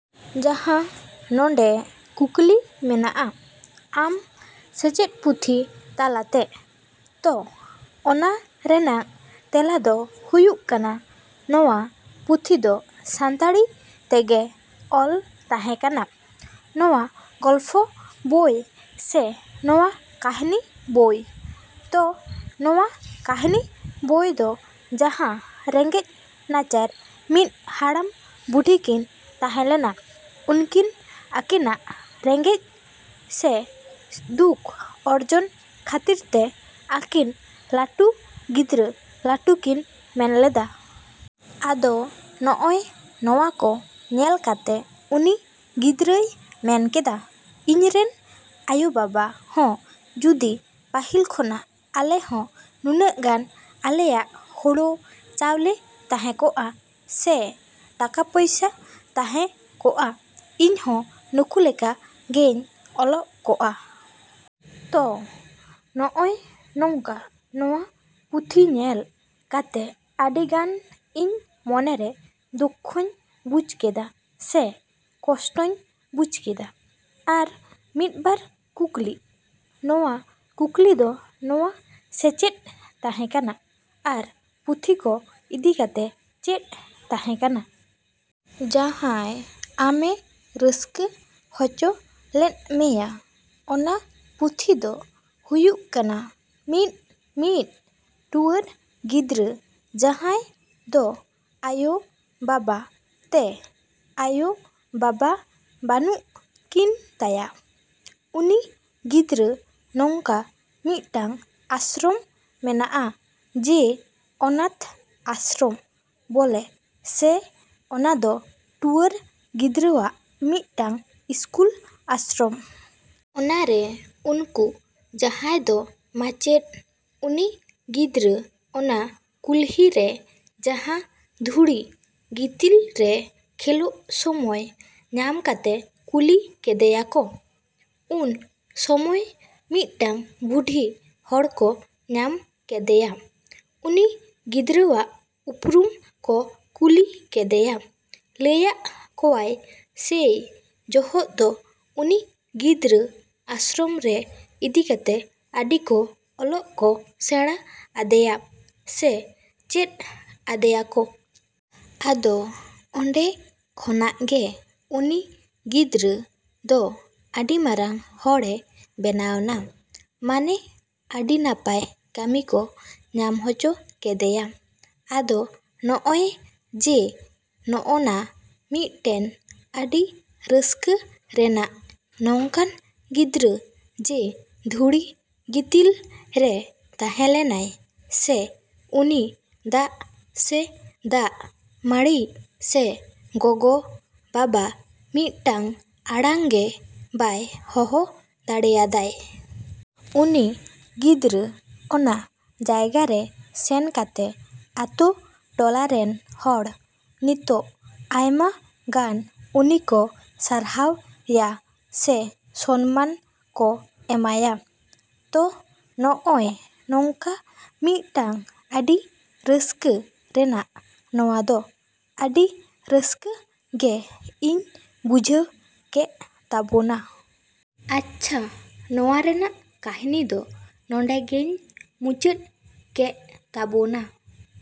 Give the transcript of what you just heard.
ᱡᱟᱦᱟᱸ ᱱᱚᱰᱮ ᱠᱩᱠᱞᱤ ᱢᱮᱱᱟᱜᱼᱟ ᱟᱢ ᱥᱮᱪᱮᱫ ᱯᱩᱛᱷᱤ ᱛᱟᱞᱟᱛᱮ, ᱛᱚ ᱚᱱᱟ ᱨᱮᱱᱟᱜ ᱛᱮᱞᱟ ᱫᱚ ᱦᱩᱭᱩᱜ ᱠᱟᱱᱟ ᱱᱚᱣᱟ ᱯᱩᱛᱷᱤ ᱫᱚ ᱥᱟᱱᱛᱟᱲᱤ ᱛᱮᱜᱮ ᱚᱞ ᱛᱟᱦᱮᱸ ᱠᱟᱱᱟ, ᱱᱚᱣᱟ ᱜᱚᱞᱯᱷᱚ ᱵᱳᱭ ᱥᱮ ᱱᱚᱣᱟ ᱠᱟᱹᱦᱱᱤ ᱵᱳᱭ᱾ ᱛᱚ ᱱᱚᱣᱟ ᱠᱟᱹᱦᱱᱤ ᱵᱳᱭ ᱫᱚ ᱡᱟᱦᱟᱸ ᱨᱮᱸᱜᱮᱡ ᱱᱟᱪᱟᱨ ᱢᱤᱫ ᱦᱟᱲᱟᱢ ᱵᱩᱰᱷᱤ ᱠᱤᱱ ᱛᱟᱦᱮᱸ ᱞᱮᱱᱟ, ᱩᱱᱠᱤᱱ ᱟᱹᱠᱤᱱᱟᱜ ᱨᱮᱸᱜᱮᱡ ᱥᱮ ᱫᱩᱠ ᱚᱨᱡᱚᱱ ᱠᱷᱟᱹᱛᱤᱨ ᱛᱮ ᱟᱹᱠᱤᱱ ᱞᱟᱹᱴᱩ ᱜᱤᱫᱽᱨᱟᱹ ᱞᱟᱹᱴᱩ ᱠᱤᱱ ᱢᱮᱱ ᱞᱮᱫᱟ᱾ ᱟᱫᱚ ᱱᱚᱜᱼᱚᱭ ᱱᱚᱣᱟ ᱠᱚ ᱧᱮᱞ ᱠᱟᱛᱮ ᱩᱱᱤ ᱜᱤᱫᱽᱨᱟᱹᱭ ᱢᱮᱱ ᱠᱮᱫᱟ, "ᱤᱧ ᱨᱮᱱ ᱟᱭᱳ-ᱵᱟᱵᱟ ᱦᱚᱸ ᱡᱩᱫᱤ ᱯᱟᱹᱦᱤᱞ ᱠᱷᱚᱱᱟᱜ ᱟᱞᱮ ᱦᱚᱸ ᱱᱩᱱᱟᱹᱜ ᱜᱟᱱ ᱟᱞᱮᱭᱟᱜ ᱦᱳᱲᱳ ᱪᱟᱣᱞᱮ ᱛᱟᱦᱮᱸ ᱠᱚᱜᱼᱟ ᱥᱮ ᱴᱟᱠᱟ ᱯᱚᱭᱥᱟ ᱛᱟᱦᱮᱸ ᱠᱚᱜᱼᱟ, ᱤᱧᱦᱚᱸ ᱱᱩᱠᱩ ᱞᱮᱠᱟ ᱜᱮᱧ ᱚᱞᱚᱜ ᱠᱚᱜᱼᱟ᱾" ᱛᱚ ᱱᱚᱜᱼᱚᱭ ᱱᱚᱝᱠᱟ ᱱᱚᱣᱟ ᱯᱩᱛᱷᱤᱧᱮᱞ ᱠᱟᱛᱮ ᱟᱹᱰᱤ ᱜᱟᱱ ᱤᱧ ᱢᱚᱱᱮᱨᱮ ᱫᱩᱠᱠᱷᱚᱧ ᱵᱩᱡᱽ ᱠᱮᱫᱟ ᱥᱮ ᱠᱚᱥᱴᱚᱧ ᱵᱩᱡᱽ ᱠᱮᱫᱟ᱾ ᱟᱨ ᱢᱤᱫ ᱵᱟᱨ ᱠᱩᱠᱞᱤ, ᱱᱚᱣᱟ ᱠᱩᱠᱞᱤ ᱫᱚ ᱱᱚᱣᱟ ᱥᱮᱪᱮᱫ ᱛᱟᱦᱮᱸ ᱠᱟᱱᱟ ᱟᱨ ᱯᱩᱛᱷᱤ ᱠᱚ ᱤᱫᱤ ᱠᱟᱛᱮ ᱪᱮᱫ ᱛᱟᱦᱮᱸ ᱠᱟᱱᱟ᱾ ᱡᱟᱦᱟᱸᱭ ᱟᱢᱮ ᱨᱟᱹᱥᱠᱟᱹ ᱦᱚᱪᱚ ᱞᱮᱫ ᱢᱮᱭᱟ ᱚᱱᱟ ᱯᱩᱛᱷᱤ ᱫᱚ ᱦᱩᱭᱩᱜ ᱠᱟᱱᱟ ᱢᱤᱫ ᱢᱤᱫ ᱴᱩᱣᱟᱹᱨ ᱜᱤᱫᱽᱨᱟᱹ ᱡᱟᱦᱟᱸᱭ ᱫᱚ ᱟᱭᱳ-ᱵᱟᱵᱟ ᱛᱮ ᱟᱭᱳ-ᱵᱟᱵᱟ ᱵᱟᱹᱱᱩᱜ ᱠᱤᱱ ᱛᱟᱭᱟ᱾ ᱩᱱᱤ ᱜᱤᱫᱽᱨᱟᱹ ᱱᱚᱝᱠᱟ ᱢᱤᱫᱴᱟᱝ ᱟᱥᱨᱚᱢ ᱢᱮᱱᱟᱜᱼᱟ, ᱡᱮ ᱚᱱᱟᱛᱷ ᱟᱥᱨᱚᱢ ᱵᱚᱞᱮ ᱥᱮ ᱚᱱᱟᱫᱚ ᱴᱩᱣᱟᱹᱨ ᱜᱤᱫᱽᱨᱟᱹᱣᱟᱜ ᱢᱤᱫᱴᱟᱝ ᱤᱥᱠᱩᱞ ᱟᱥᱨᱚᱢ᱾ ᱚᱱᱟᱨᱮ ᱩᱱᱠᱩ ᱡᱟᱦᱟᱭ ᱫᱚ ᱢᱟᱪᱮᱫ ᱩᱱᱤ ᱜᱤᱫᱽᱨᱟᱹ ᱚᱱᱟ ᱠᱩᱞᱦᱤ ᱨᱮ ᱡᱟᱦᱟᱸ ᱫᱷᱩᱲᱤ ᱜᱤᱛᱤᱞ ᱨᱮ ᱠᱷᱮᱞᱳᱜ ᱥᱚᱢᱚᱭ ᱧᱟᱢ ᱠᱟᱛᱮ ᱠᱩᱞᱤ ᱠᱮᱫᱮᱭᱟᱠᱚ, ᱩᱱ ᱥᱚᱢᱚᱭ ᱢᱤᱫᱴᱟᱝ ᱵᱩᱰᱷᱤ ᱦᱚᱲ ᱠᱚ ᱧᱟᱢ ᱠᱮᱫᱮᱭᱟ᱾ ᱩᱱᱤ ᱜᱤᱫᱽᱨᱟᱹᱣᱟᱜ ᱩᱯᱨᱩᱢ ᱠᱚ ᱠᱩᱞᱤ ᱠᱮᱫᱮᱭᱟ, ᱞᱟᱹᱭᱟᱜ ᱠᱚᱣᱟᱭ ᱥᱮᱭ ᱡᱚᱦᱚᱜ ᱫᱚ ᱩᱱᱤ ᱜᱤᱫᱽᱨᱟᱹ ᱟᱥᱨᱚᱢ ᱨᱮ ᱤᱫᱤ ᱠᱟᱛᱮ ᱟᱹᱰᱤ ᱠᱚ ᱚᱞᱚᱜ ᱠᱚ ᱥᱮᱬᱟ ᱟᱫᱮᱭᱟ ᱥᱮ ᱪᱮᱫ ᱟᱫᱮᱭᱟᱠᱚ᱾ ᱟᱫᱚ ᱚᱸᱰᱮ ᱠᱷᱚᱱᱟᱜ ᱜᱮ ᱩᱱᱤ ᱜᱤᱫᱽᱨᱟᱹ ᱫᱚ ᱟᱹᱰᱤ ᱢᱟᱨᱟᱝ ᱦᱚᱲᱮ ᱵᱮᱱᱟᱣᱱᱟ, ᱢᱟᱱᱮ ᱟᱹᱰᱤ ᱱᱟᱯᱟᱭ ᱠᱟᱹᱢᱤ ᱠᱚ ᱧᱟᱢ ᱦᱚᱪᱚ ᱠᱮᱫᱮᱭᱟ᱾ ᱟᱫᱚ ᱱᱚᱜᱼᱚᱭ ᱡᱮ ᱱᱚᱜᱼᱚᱱᱟ ᱢᱤᱫᱴᱮᱱ ᱟᱹᱰᱤ ᱨᱟᱹᱥᱠᱟᱹ ᱨᱮᱱᱟᱜ ᱱᱚᱝᱠᱟᱱ ᱜᱤᱫᱽᱨᱟᱹ ᱡᱮ ᱫᱷᱩᱲᱤ ᱜᱤᱛᱤᱞ ᱨᱮ ᱛᱟᱦᱮᱸ ᱞᱮᱱᱟᱭ ᱥᱮ ᱩᱱᱤ ᱫᱟᱜ ᱥᱮ ᱫᱟᱜ ᱢᱟᱹᱲᱤ ᱥᱮ ᱜᱚᱜᱚᱼᱵᱟᱵᱟ ᱢᱤᱫᱴᱟᱝ ᱟᱲᱟᱝ ᱜᱮᱵᱟᱭ ᱦᱚᱦᱚ ᱫᱟᱲᱮᱭᱟᱫᱟᱭ᱾ ᱩᱱᱤ ᱜᱤᱫᱽᱨᱟᱹ ᱚᱱᱟ ᱡᱟᱭᱜᱟᱨᱮ ᱥᱮᱱ ᱠᱟᱛᱮ ᱟᱛᱳ ᱴᱚᱞᱟ ᱨᱮᱱ ᱦᱚᱲ ᱱᱤᱛᱚᱜ ᱟᱭᱢᱟ ᱜᱟᱱ ᱩᱱᱤ ᱠᱚ ᱥᱟᱨᱦᱟᱣᱭᱟ ᱥᱮ ᱥᱚᱱᱢᱟᱱ ᱠᱚ ᱮᱢᱟᱭᱟ᱾ ᱛᱚ ᱱᱚᱜᱼᱚᱭ ᱱᱚᱝᱠᱟ ᱢᱤᱫᱴᱟᱝ ᱟᱹᱰᱤ ᱨᱟᱹᱥᱠᱟᱹ ᱨᱮᱱᱟᱜ ᱱᱚᱣᱟᱫᱚ ᱟᱹᱰᱤ ᱨᱟᱹᱥᱠᱟᱹ ᱜᱮ ᱤᱧ ᱵᱩᱡᱷᱟᱹᱣ ᱠᱮᱜ ᱛᱟᱵᱳᱱᱟ᱾ ᱟᱪᱪᱷᱟ ᱱᱚᱣᱟ ᱨᱮᱱᱟᱜ ᱠᱟᱹᱦᱱᱤ ᱫᱚ ᱱᱚᱸᱰᱮ ᱜᱮᱧ ᱢᱩᱪᱟᱹᱫ ᱠᱮᱜ ᱛᱟᱵᱳᱱᱟ᱾।